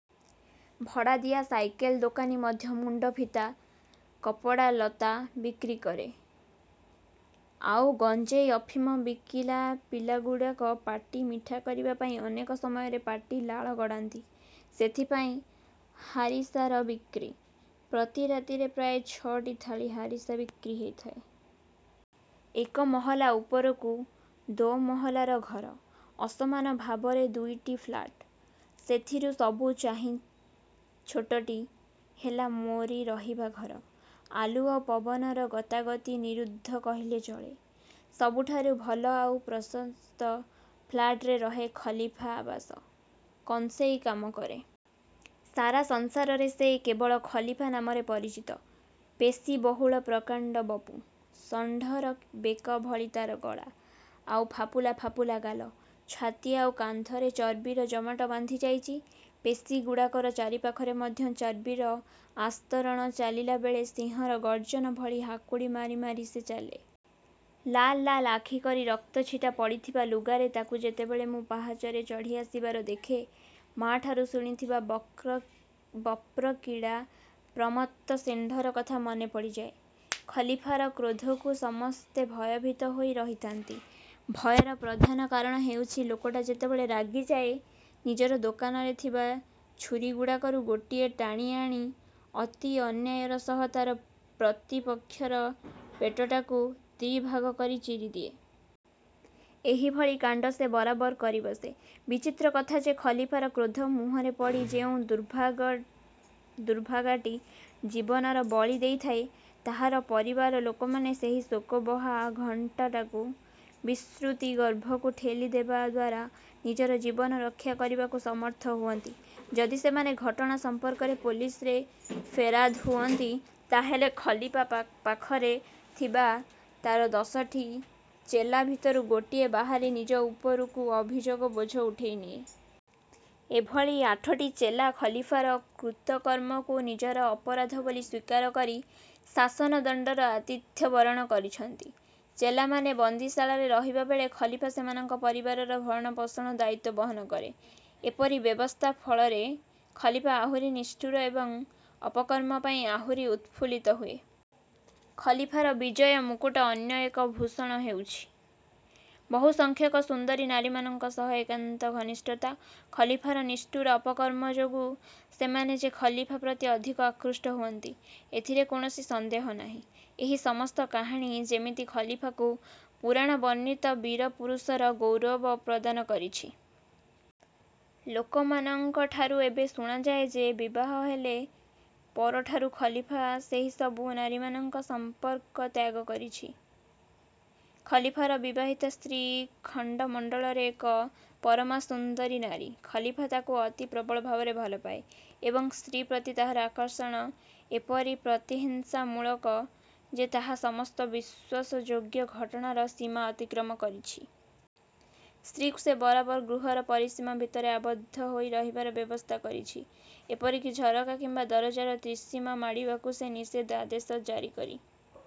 ଭଡ଼ା ଦିଆ ସାଇକେଲ ଦୋକାନୀ ମଧ୍ୟ ମୁଣ୍ଡଫିତା, କପଡ଼ା ଲତା ବିକ୍ରି କରେ। ଆଉ ଗଞ୍ଜେଇ ଅଫିମ ବିକିଲା ପିଲାଗୁଡ଼ାକ ପାଟି ମିଠା କରିବା ପାଇଁ ଅନେକ ସମୟରେ ପାଟି ଲାଳ ଗଡ଼ାନ୍ତି। ସେଥିପାଇଁ 'ହାରିସା'ର ବିକ୍ରି। ପ୍ରତି ରାତିରେ ପ୍ରାୟ ଛ'ଟି ଥାଳି ହାରିସା ବିକ୍ରି ହୋଇଯାଏ'। ଏକମହଲା ଉପରକୁ ଦୋମହଲାର ଘର। ଅସମାନ ଭାବରେ ଦୁଇଟି ଫ୍ଲାଟ। ସେଥିରୁ ସବୁ ଚାହିଁ ଛୋଟଟି ହେଲା ମୋରି ରହିବା ଘର। ଆଲୁଅ ପବନର ଗତାଗତ ନିରୁଦ୍ଧ କହିଲେ ଚଳେ। ସବୁଠାରୁ ଭଲ ଆଉ ପ୍ରଶସ୍ତ ଫ୍ଲାଟରେ ରହେ ଖଲିଫା ଆବାସ। କଂସେଇ କାମ କରେ। ସାରା ସଂସାରରେ ସେ କେବଳ 'ଖଲିଫା' ନାମରେ ପରିଚିତ। ପେଶୀବହୁଳ ପ୍ରକାଣ୍ଡ ବପୁ। ଷଣ୍ଢର ବେକ ଭଳି ତାର ଗଳା, ଆଉ ଫାପୁଲା ଫାପୁଲା ଗାଲ। ଛାତି ଆଉ କାନ୍ଧରେ ଚର୍ବିର ଜମାଟ ବାନ୍ଧିଯାଇଚି। ପେଶୀଗୁଡ଼ାକର ଚାରିପାଖରେ ମଧ୍ୟ ଚର୍ବିର ଆସ୍ତରଣ। ଚାଲିଲାବେଳେ ସିଂହର ଗର୍ଜନ ଭଳି ହାକୁଡ଼ି ମାରି ମାରି ସେ ଚାଲେ। ଲାଲ ଲାଲ ଆଖି କରି ରକ୍ତଛିଟା ପଡ଼ିଥିବା ଲୁଗାରେ ତାକୁ ଯେତେବେଳେ ମୁଁ ପାହାଚରେ ଚଢ଼ି ଆସିବାର ଦେଖେ, ମା'ଠାରୁ ଶୁଣିଥିବା ବପ୍ରକ୍ରିଡ଼ା ପ୍ରମତ୍ତ ଷେଣ୍ଢର କଥା ମନେ ପଡ଼ିଯାଏ। ଖଲିଫାର କ୍ରୋଧକୁ ସମସ୍ତେ ଭୟଭୀତ ହୋଇ ରହିଥାନ୍ତି। ଭୟର ପ୍ରଧାନ କାରଣ ହେଉଛି ଲୋକଟା ଯେତେବେଳେ ରାଗିଯାଏ, ନିଜର ଦୋକାନରେ ଥିବା ଛୁରିଗୁଡ଼ାକରୁ ଗୋଟାଏ ଟାଣି ଆଣି ଅତି ଅନାୟାସରେ ତାର ପ୍ରତିପକ୍ଷର ପେଟଟାକୁ ଦିଭାଗ କରି ଚିରିଦିଏ। ଏଭଳି କାଣ୍ଡ ସେ ବରାବର କରିବସେ। ବିଚିତ୍ର କଥା ଯେ ଖଲିଫାର କ୍ରୋଧ ମୁହଁରେ ପଡ଼ି ଯେଉଁ ଦୁର୍ଭାଗାଟି ଜୀବନଵଳି ଦେଇଥାଏ, ତାହାର ପରିବାର ଲୋକମାନେ ସେହି ଶୋକାବହ ଘଟଣାକୁ ବିସ୍ମୃତି ଗର୍ଭକୁ ଠେଲି ଦେବା ଦ୍ଵାରା ନିଜର ଜୀବନ ରକ୍ଷାକରିବାକୁ ସମର୍ଥ ହୁଅନ୍ତି। ଯଦି ସେମାନେ ଘଟଣା ସମ୍ପର୍କରେ ପୋଲିସରେ ଫେରାଦ ହୁଅନ୍ତି ତାହେଲେ ଖଲିଫା ପାଖରେ ଥିବା ତାର ଦଶଟି ଚେଲା ଭିତରୁ ଗୋଟିଏ ବାହାରି ନିଜ ଉପରକୁ ଅଭିଯୋଗର ବୋଝ ଉଠେଇନିଏ। ଏହିଭଳି ଆଠଟି ଚେଲା ଖଲିଫାର କୃତକର୍ମକୁ ନିଜର ଅପରାଧ ବୋଲି ସ୍ଵୀକାର କରି ଶାସନଦଣ୍ଡର ଆତିଥ୍ୟ ବରଣ କରିଛନ୍ତି। ଚେଲାମାନେ ବନ୍ଦୀଶାଳରେ ରହିବାବେଳେ ଖଲିଫା ସେମାନଙ୍କ ପରିବାରର ଭରଣପୋଷଣ ଦାୟିତ୍ୱ ବହନ କରେ। ଏପରି ବ୍ୟବସ୍ଥା ଫଳରେ ଖଲିଫା ଆହୁରି ନିଷ୍ଠୁର ଏବଂ ଅପକର୍ମ ପାଇଁ ଆହୁରି ଉତ୍ଫୁଲିତ ହୁଏ। ଖଲିଫାର ବିଜୟ ମୁକୁଟର ଅନ୍ୟ ଏକ ଭୂଷଣ ହେଉଛି, ବହୁ ସଂଖ୍ୟକ ସୁନ୍ଦରୀ ନାରୀମାନଙ୍କ ସହ ଏକାନ୍ତ ଘନିଷ୍ଠତା। ଖଲିଫାର ନିଷ୍ଠୁର ଅପକର୍ମ ଯୋଗୁଁ ସେମାନେ ଯେ ଖଲିଫା ପ୍ରତି ଅଧିକ ଆକୃଷ୍ଟ ହୁଅନ୍ତି, ଏଥିରେ କୌଣସି ସନ୍ଦେହ ନାହିଁ। ଏହି ସମସ୍ତ କାହାଣୀ ଯେମିତି ଖଲିଫାକୁ ପୁରାଣ ବର୍ଣ୍ଣିତ ବୀର ପୁରୁଷର ଗୌରବ ପ୍ରଦାନ କରିଛି। ଲୋକମାନଙ୍କଠାରୁ ଏବେ ଶୁଣାଯାଏ ଯେ, ବିବାହ ହେଲା ପରଠାରୁ ଖଲିଫା ସେହିସବୁ ନାରୀମାନଙ୍କ ସମ୍ପର୍କ ତ୍ୟାଗ କରିଛି। ଖଲିଫାର ବିବାହିତ ସ୍ତ୍ରୀ ଖଣ୍ଡମଣ୍ଡଳରେ ଏକ ପରମାସୁନ୍ଦରୀ ନାରୀ। ଖଲିଫା ତାକୁ ଅତି ପ୍ରବଳ ଭାବରେ ଭଲପାଏ ଏବଂ ସ୍ତ୍ରୀ ପ୍ରତି ତାହାର ଆକର୍ଷଣ ଏପରି ପ୍ରତିହିଂସାମୂଳକ ଯେ ତାହା ସମସ୍ତ ବିଶ୍ୱାସଯୋଗ୍ୟ ଘଟଣାର ସୀମା ଅତିକ୍ରମ କରିଛି। ସ୍ତ୍ରୀକୁ ସେ ବରାବର ଗୃହର ପରିସୀମା ଭିତରେ ଆବଦ୍ଧ ହୋଇ ରହିବାର ବ୍ୟବସ୍ଥା କରିଛି; ଏପରିକି ଝରକା କିମ୍ଵା ଦରଜାର ତ୍ରିସୀମା ମାଡ଼ିବାକୁ ସେ ନିଷେଧ ଆଦେଶ ଜାରିକରି